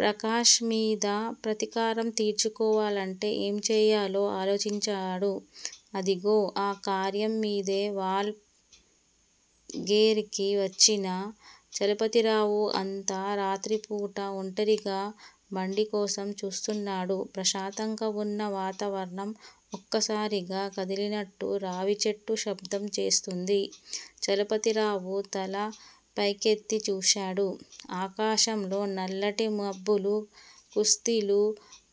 ప్రకాష్ మీద ప్రతీకారం తీర్చుకోవాలంటే ఏం చేయాలో ఆలోచించాడు. అదిగో ఆ కార్యంమీదే వాల్ ఘెరాకి వచ్చిన చలపతిరావు అంత రాత్రిపూట ఒంటరిగా బండికోసం చూస్తున్నాడు. ప్రశాంతంగా వున్న వాతావరణం ఒక్కసారిగా కదిలినట్టు రావిచెట్టు శబ్దం చేస్తోంది. చలపతిరావు తల పైకెత్తి చూశాడు. ఆకాశంలో నల్లటి మబ్బులు కుస్తీలు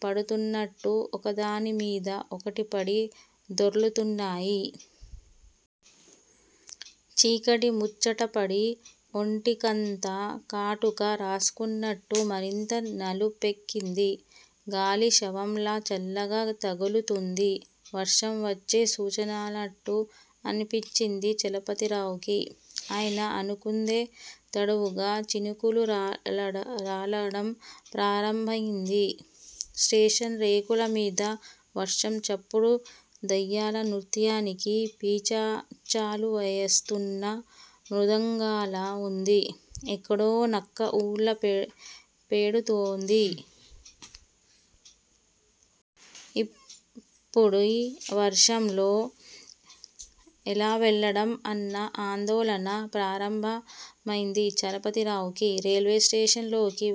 పడుతున్నట్టు ఒకదానిమీద ఒకటిపడి దొర్లుతున్నాయి. చీకటి ముచ్చటపడి ఒంటికంతా కాటుక రాసుకున్నట్టు మరింత నలుపెక్కింది. గాలి శవంలా చల్లగా తగులుతోంది. వర్షం వచ్చే సూచనలున్నట్టు అనిపించింది చలపతిరావుకి. ఆయన అనుకుందే తడవుగా చినుకులు రాలడం ప్రారంభమైంది. స్టేషన్ రేకులమీద వర్షం చప్పుడు దెయ్యాల నృత్యానికి పిశాచాలు వాయిస్తున్న మృదంగంలా వుంది. ఎక్కడో నక్క ఊళ పెడుతోంది. ఇప్పుడీ వర్షంలో ఎలా వెళ్లడం అన్న ఆందోళన ప్రారంభమైంది చలపతిరావుకి. రైల్వేస్టేషన్ లోకి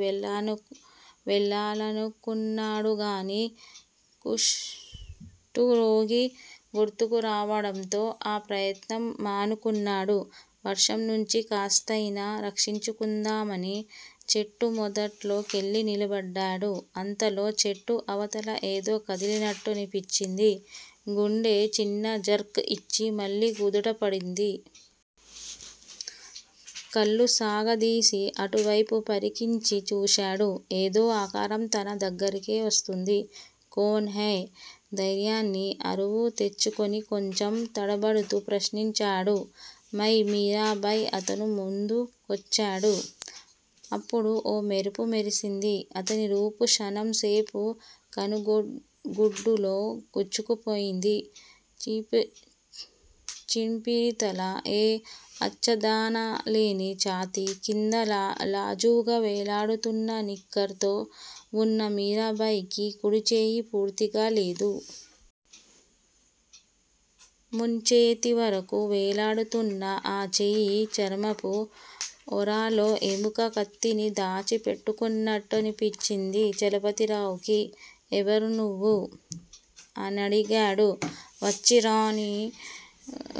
వెళ్ళాలనుకున్నాడుగానీ కుష్టురోగి గుర్తుకు రావడంతో ఆ ప్రయత్నం మానుకున్నాడు. వర్షం నుంచి కాస్తయినా రక్షించుకుందామని చెట్టు మొదట్లో కెళ్ళి నిలబడ్డాడు. అంతలో చెట్టు అవతల ఏదో కదిలినట్టనిపించి, గుండె చిన్న జర్క్ ఇచ్చి మళ్ళీ కుదుటపడింది. కళ్ళు సాగదీసి అటువేపు పరికించి చూశాడు. ఏదో ఆకారం తన దగ్గరకే వస్తోంది. కౌన్ హై? ధైర్యాన్ని అరువు తెచ్చుకొని కొంచెం తడబడుతూ ప్రశ్నించాడు. మై- మీరాభాయ్ అతను ముందుకొచ్చాడు. అప్పుడే ఓ మెరుపు మెరిసింది. అతని రూపు క్షణంసేపు కనుగుడ్డులో గుచ్చుకుపోయింది. చింపిరితల, ఏ ఆచ్చాదనాలేని ఛాతీ, కింద లాజుగా వేలాడుతున్న నిక్కర్ తో వున్న మీరాభాయ్ కి కుడిచెయ్యి పూర్తిగా లేదు. ముంజేతి వరకు వేలాడుతున్న ఆ చెయ్యి చర్మపు ఒరలో ఎముక కత్తిని దాచిపెట్టుకున్నట్టనిపించింది చలపతిరావుకి. ఎవర్నువ్వు? అనడిగాడు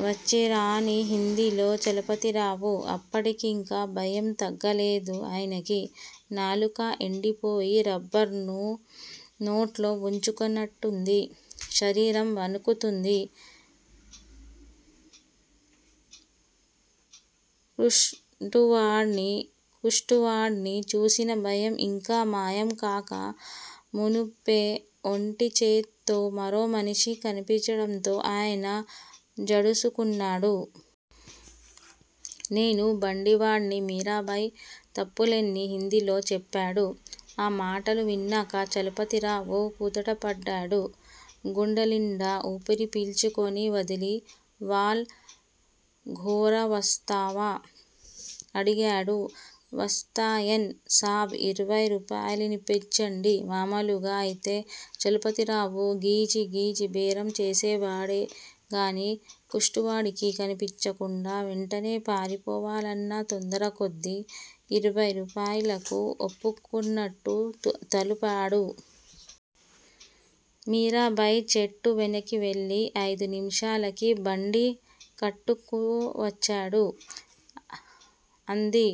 వచ్చీ రాణి హిందీలో చలపతిరావు. అప్పటికింకా భయం తగ్గలేదు ఆయనకి. నాలుక ఎండిపోయి రబ్బర్ ను నోట్లో వుంచుకున్నట్టుంది. శరీరం వణుకుతోంది. కుష్టువాడ్ని చూసిన భయం ఇంకా మాయం కాక మునుపే ఒంటిచేత్తో మరో మనిషి కనిపించడంతో ఆయన జడుసుకున్నాడు. నేను బండివాడ్ని మీరాభాయ్ తప్పుల్లేని హిందీలో చెప్పాడు. ఆ మాటలు విన్నాక చలపతిరావు కుదుటపడ్డాడు. గుండెల్నిండా ఊపిరి పీల్చుకొని వదిలి- వాల్ ఘెరా వస్తావా? అనడిగాడు. వస్తాయన్ సాబ్- ఇరవయ్ రూపాయలిప్పించండి మామూలుగా అయితే చలపతిరావు గీచిగీచి బేరం చేసేవాడేగానీ కుష్టువాడికి కనిపించకుండా వెంటనే పారిపోవాలన్న తొందరకొద్దీ ఇరవై రూపాయలకు ఒప్పుకున్నట్టు తలూపాడు. మీరాభాయ్ చెట్టు వెనక్కి వెళ్ళి ఐదు నిమిషాలకి బండి కట్టుకు వచ్చాడు. అంది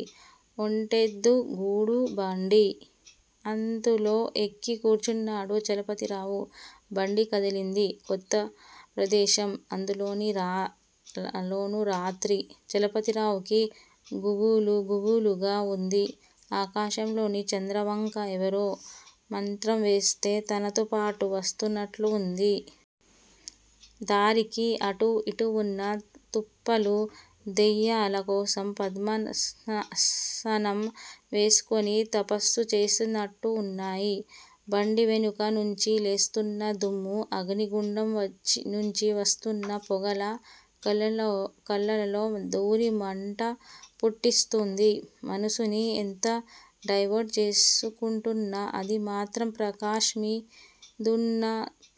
ఒంటెద్దు గూడుబండి. అందులో ఎక్కి కూర్చున్నాడు చలపతిరావు. బండి కదిలింది. కొత్త ప్రదేశం- అందులోనూ రాత్రి- చలపతిరావుకి గుబులు- గుబులుగా వుంది. ఆకాశంలోని చంద్రవంక ఎవరో మంత్రంవేస్తే తనతోపాటు వస్తున్నట్లు వుంది. దారికి అటూ ఇటూ వున్న తుప్పలు దెయ్యాల కోసం పద్మాసనం వేసుకొని తపస్సు చేస్తున్నట్టున్నాయి. బండి వెనుక నుంచి లేస్తున్న దుమ్ము అగ్నిగుండం నుంచి వస్తున్న పొగలా కళ్ళల్లో దూరి మంట పుట్టిస్తోంది. మనసుని ఎంత డైవర్ట్ చేసుకుంటున్నా అది మాత్రం ప్రకాష్ మీదున్న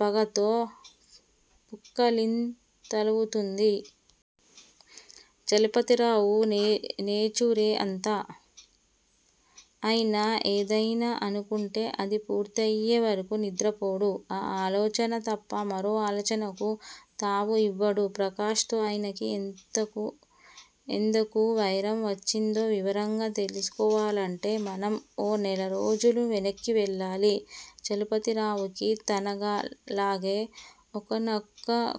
పగతో పుక్కళింతలవుతోంది. చలపతిరావు నేచురే అంత. ఆయన ఏదయినా అనుకుంటే అది పూర్తయ్యేవరకు నిద్రపోడు. ఆ ఆలోచన తప్ప మరో ఆలోచనకు తావు ఇవ్వడు. ప్రకాష్ తో ఆయనకి ఎందుకు వైరం వచ్చిందో వివరంగా తెలుసుకోవాలంటే మనం ఓ నెలరోజులు వెనక్కి వెళ్ళాలి. చలపతిరావుకి తనలాగే ఒక్కగానొక్క కొడుకు.